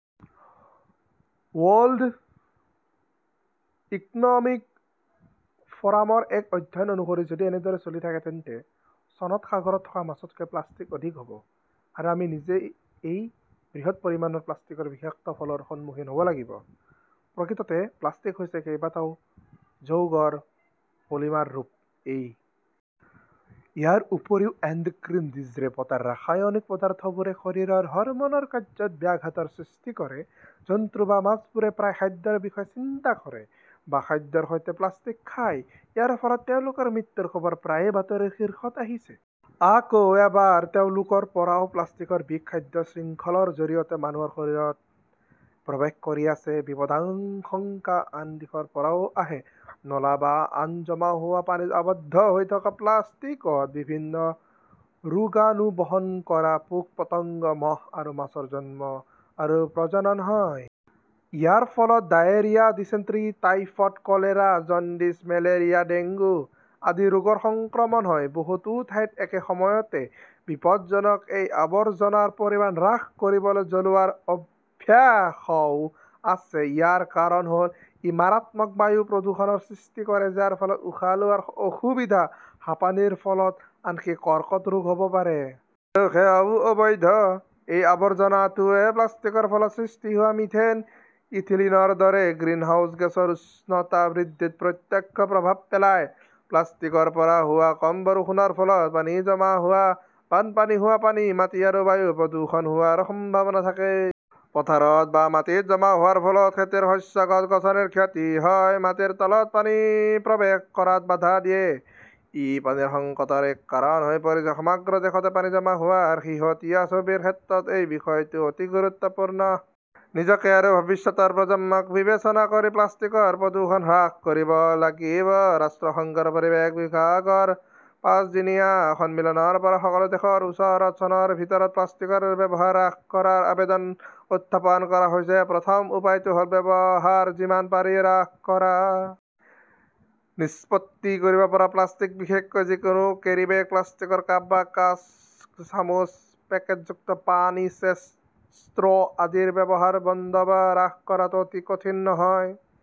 World economic ফ'ৰামৰ এক অধ্যয়ন অনুসৰি, যদি এনেদৰে চলি থাকে তেন্তে চনত সাগৰত থকা মাছতকৈ প্লাষ্টিক অধিক হ'ব। আৰু আমি নিজেই এই বৃহৎ পৰিমাণৰ প্লাষ্টিকৰ বিষাক্ত ফলৰ সন্মুখীন হ'ব লাগিব। প্ৰকৃততে প্লাষ্টিক হৈছে কেইবাটাও যৌগৰ পলিমাৰ ৰূপ। এই ইয়াৰ উপৰিও এণ্ডক্ৰিন ডিজ্ৰেপটাৰ ৰাসায়নিক পদাৰ্থবোৰে শৰীৰৰ হৰমনৰ কাৰ্যত ব্যাঘাতৰ সৃষ্টি কৰে। জন্তু বা মাছবোৰে প্ৰায়ে খাদ্যৰ বিষয়ে চিন্তা কৰে বা খাদ্যৰ সৈতে প্লাষ্টিক খায়। ইয়াৰ ফলত তেওঁলোকৰ মৃত্যুৰ খবৰ প্ৰায়ে বাতৰিৰ শীৰ্ষত আহিছে। আকৌ এবাৰ তেওঁলোকৰ পৰাও প্লাষ্টিকৰ বিষ খাদ্য শৃংখলৰ জৰিয়তে মানুহৰ শৰীৰত প্ৰৱেশ কৰি আছে। বিপদাশংকা আন দিশৰ পৰাও আহে। নলা বা আন জমা হোৱা পানীত আবদ্ধ হৈ থকা প্লাষ্টিকত বিভিন্ন ৰোগাণু বহন কৰা পোক-পতংগ, মহ আৰু মাছৰ জন্ম আৰু প্ৰজনন হয়। ইয়াৰ ফলত diarrhoea, dysentery, typhoid, cholera, jaundice, malaria, dengue আদি ৰোগৰ সংক্ৰমণ হয়। বহুতো ঠাইত একে সময়তে বিপদজনক এই আৱৰ্জনাৰ পৰিমাণ হ্ৰাস কৰিবলৈ জ্বলোৱাৰ অভ্যাসও আছে। ইয়াৰ কাৰণ হল ই মাৰাত্মক বায়ু প্ৰদূষণৰ সৃষ্টি কৰে যাৰ ফলত উশাহ লোৱাৰ অসুবিধা, হাঁপানিৰ ফলত আনকি কৰ্কট ৰোগ হ'ব পাৰে। আৰু সেয়াও অবৈধ। এই আৱৰ্জনাটোৱে প্লাষ্টিকৰ ফলত সৃষ্টি হোৱা মিথেন, ইথিলিনৰ দৰে 'গ্ৰিনহাউজ গেছৰ উষ্ণতা বৃদ্ধিত প্ৰত্যক্ষ প্ৰভাৱ পেলায়। প্লাষ্টিকৰ পৰা হোৱা কম বৰষুণৰ ফলত পানী জমা হোৱা, বানপানী হোৱা, পানী, মাটি আৰু বায়ু প্ৰদূষণ হোৱাৰ সম্ভাৱনা থাকে। পথাৰত বা মাটিত জমা হোৱাৰ ফলত খেতিৰ শস্য, গছ-গছনিৰ ক্ষতি হয়, মাটিৰ তলত পানী প্ৰৱেশ কৰাত বাধা দিয়ে। ই পানীৰ সংকটৰ এক কাৰণ হৈ পৰিছে। সমগ্ৰ দেশতে পানী জমা হোৱাৰ শেহতীয়া ছবিৰ ক্ষেত্ৰত এই বিষয়টো অতি গুৰুত্বপূৰ্ণ। নিজকে আৰু ভৱিষ্যতৰ প্ৰজন্মক বিবেচনা কৰি প্লাষ্টিকৰ প্ৰদূষণ হ্ৰাস কৰিব লাগিব। ৰাষ্ট্ৰসংঘৰ পৰিৱেশ বিভাগৰ পাঁচদিনীয়া সন্মিলনৰ পৰা সকলো দেশৰ ওচৰত চনৰ ভিতৰত প্লাষ্টিকৰ ব্যৱহাৰ হ্ৰাস কৰাৰ আবেদন উত্থাপন কৰা হৈছে। প্ৰথম উপায়টো হ'ল ব্যৱহাৰ যিমান পাৰি হ্ৰাস কৰা। 'নিষ্পত্তি কৰিব পৰা প্লাষ্টিক বিশেষকৈ যিকোনো কেৰীবেগ, প্লাষ্টিকৰ কাপ বা কাঁচ, চামুচ, পেকেটযুক্ত পানী, চেচ, ষ্ট্ৰ আদিৰ ব্যৱহাৰ বন্ধ বা হ্ৰাস কৰাটো অতি কঠিন নহয়।